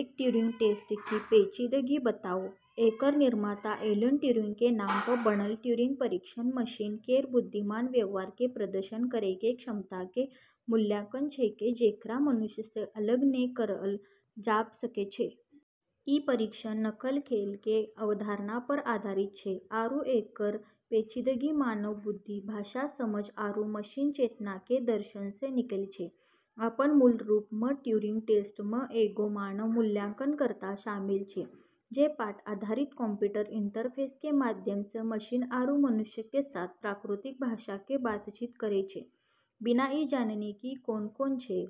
एक Turing test की पेचीदगि बताउ: एकरऽ निर्माता एलन ट्यूरिंग के नाम पऽ बनलऽ ट्यूरिंग परीक्षण मशीन केरऽ बुद्धिमान व्यवहार के प्रदर्शन करै के क्षमता के मूल्यांकन छेकै जेकरा मनुष्य सऽ अलग नै करलऽ जाब सकै छै। ई परीक्षण "नकल खेल" के अवधारणा पर आधारित छै आरू एकरऽ पेचीदगी मानव बुद्धि, भाषा समझ आरू मशीन चेतना के दर्शन सऽ निकलै छै। अपनऽ मूल रूप मऽ ट्यूरिंग टेस्ट म॑ एगो मानव मूल्यांकनकर्ता शामिल छै जे पाठ आधारित कंप्यूटर इंटरफेस के माध्यम सऽ मशीन आरू मनुष्य के साथ प्राकृतिक भाषा के बातचीत करै छै, बिना ई जानने कि कोन कोन छै।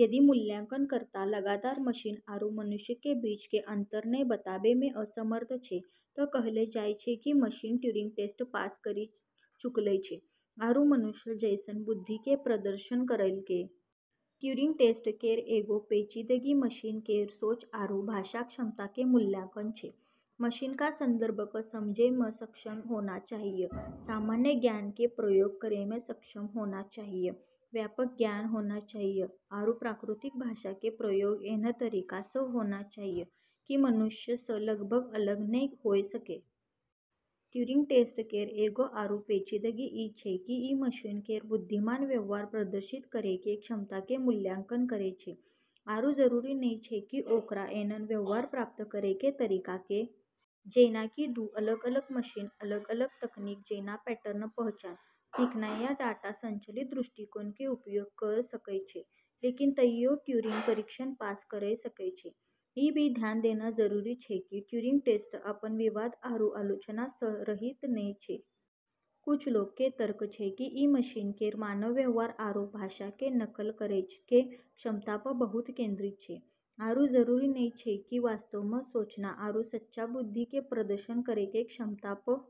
यदि मूल्यांकनकर्ता लगातार मशीन आरू मनुष्य के बीच के अंतर नै बताबै में असमर्थ छै तऽ कहलऽ जाय छै कि मशीन ट्यूरिंग टेस्ट पास करी चुकलऽ छै, आरू मनुष्य जैसनऽ बुद्धि के प्रदर्शन करलकै। ट्यूरिंग टेस्ट केरऽ एगो पेचीदगी मशीन केरऽ "सोच" आरू भाषा क्षमता के मूल्यांकन छै। मशीन कऽ संदर्भ कऽ समझै मऽ सक्षम होना चाहियऽ, सामान्य ज्ञान के प्रयोग करै मऽ सक्षम होना चाहियऽ, व्यापक ज्ञान होना चाहियऽ, आरू प्राकृतिक भाषा के प्रयोग ऐन्हऽ तरीका सऽ होना चाहियऽ कि मनुष्य सऽ लगभग अलग नै होय सकै। ट्यूरिंग टेस्ट केरऽ एगो आरू पेचीदगी ई छै कि ई मशीन केरऽ बुद्धिमान व्यवहार प्रदर्शित करै के क्षमता के मूल्यांकन करै छै आरू जरूरी नै छै कि ओकरा ऐन्हऽ व्यवहार प्राप्त करै के तरीका के। जेना कि दू अलग-अलग मशीन अलग-अलग तकनीक जेना पैटर्न पहचान, सीखनाय या डाटा संचालित दृष्टिकोण कें उपयोग कयर सकय छै, लेकिन तइयो, ट्यूरिंग परीक्षण पास करय सकय छै। ई भी ध्यान देना जरूरी छै कि ट्यूरिंग टेस्ट अपनऽ विवाद आरू आलोचना सऽ रहित नै छै। कुछ लोगऽ के तर्क छै कि ई मशीन केरऽ मानव व्यवहार आरू भाषा के नकल करै के क्षमता पऽ बहुत केंद्रित छै, आरू जरूरी नै छै कि वास्तव मऽ "सोचना" आरू सच्चा बुद्धि के प्रदर्शन करै के क्षमता पऽ।